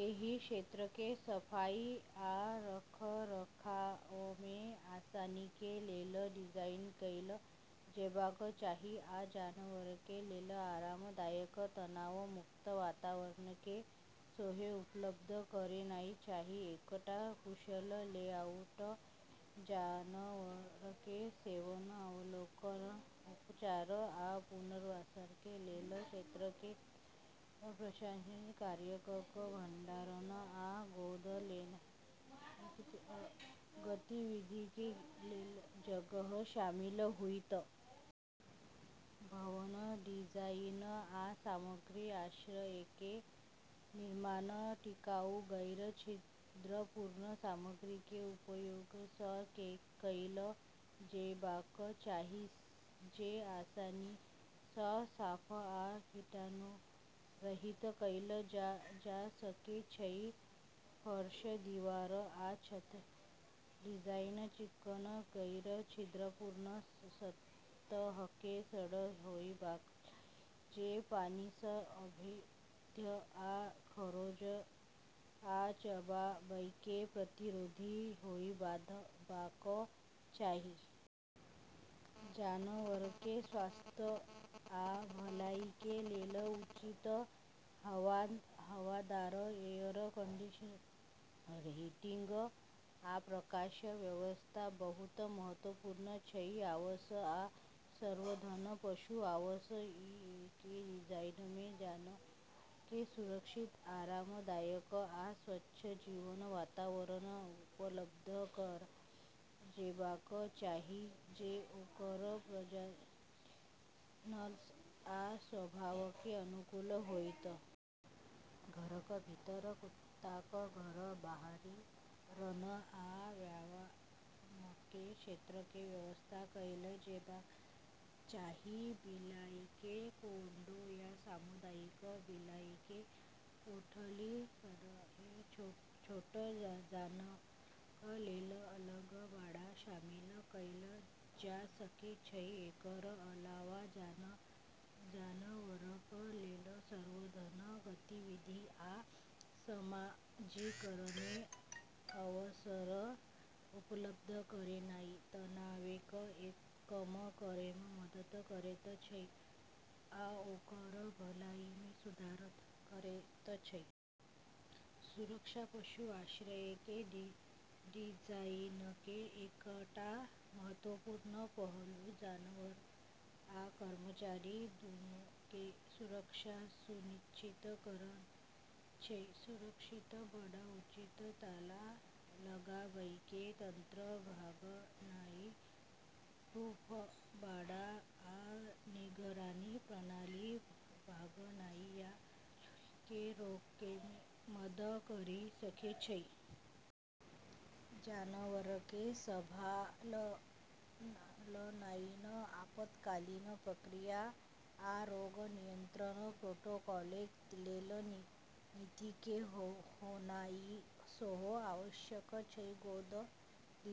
एहि क्षेत्रके सफाइ आ रखरखावमे आसानीके लेल डिजाइन कैल जेबाक चाही, आ जानवरके लेल आरामदायक, तनाव मुक्त वातावरणके सेहो उपलब्ध करेनाइ चाही। एकटा कुशल लेआउटमे जानवरके सेवन, अवलोकन, उपचार, आ पुनर्वासके लेल क्षेत्रके सङ्ग- सङ्ग प्रशासनिक कार्यक, भंडारण आ गोद लेनाइके गतिविधिके लेल जगह शामिल होइत। भवन डिजाइन आ सामग्री: आश्रयके निर्माण टिकाऊ, गैर-छिद्रपूर्ण सामग्रीके उपयोगसँ कैल जेबाक चाही जे आसानीसँ साफ आ कीटाणुरहित कैल जा सकै छै। फर्श, दीवार आ छतके डिजाइन चिक्कन, गैर-छिद्रपूर्ण सतहके सङ्ग होइबाक चाही, जे पानिसँ अभेद्य आ खरोंच आ चबाबैके प्रतिरोधी होइबाक चाही। जानवरके स्वास्थ्य आ भलाइके लेल उचित हवादार, एयर कंडीशनिंग, हीटिंग, आ प्रकाश व्यवस्था बहुत महत्वपूर्ण छै। आवास आ संवर्धन: पशु आवास इकाइके डिजाइनमे जानवरके सुरक्षित, आरामदायक आ स्वच्छ जीवन वातावरण उपलब्ध कराइल जेबाक चाही, जे ओकर प्रजाति, नस्ल आ स्वभावके अनुकूल होइत। घरक भीतर कुत्ताक घर, बाहरी रन, आ व्यायामके क्षेत्रके व्यवस्था कैल जेबाक चाही। बिलाइके कोंडो या सामुदायिक बिलाइके कोठली, सङ्गहेँ छोट जानवरक लेल अलग बाड़ा, शामिल कैल जा सकै छै। एकर अलावा, जानवरक लेल संवर्धन गतिविधि आ समाजीकरणके अवसर उपलब्ध करेनाइ तनावके कम करैमे मदद करैत छै आ ओकर भलाइमे सुधार करैत छै। सुरक्षा: पशु आश्रयके डिजाइनके एकटा महत्वपूर्ण पहलू जानवर आ कर्मचारी दुन्नूके सुरक्षा सुनिश्चित करनाइ छै। सुरक्षित बाड़, उचित ताला लगाबैके तंत्र, भागनाइ -प्रूफ बाड़ा, आ निगरानी प्रणाली भागनाइ या चोरीके रोकैमे मदद करि सकै छै। जानवरके संभालनाइ, आपातकालीन प्रक्रिया, आ रोग नियंत्रण प्रोटोकॉलके लेल नीतिके होनाइ सेहो आवश्यक छै। गोद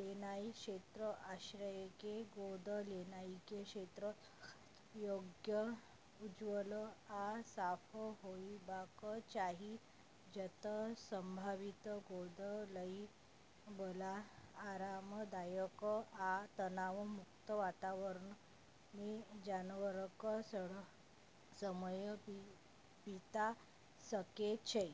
लेनाइके क्षेत्र: आश्रयके गोद लेनाइके क्षेत्र स्वागत योग्य, उज्ज्वल आ साफ होइबाक चाही, जत' संभावित गोद लैबला आरामदायक आ तनाव मुक्त वातावरणमे जानवरक सङ्ग समय बिता सकै छै।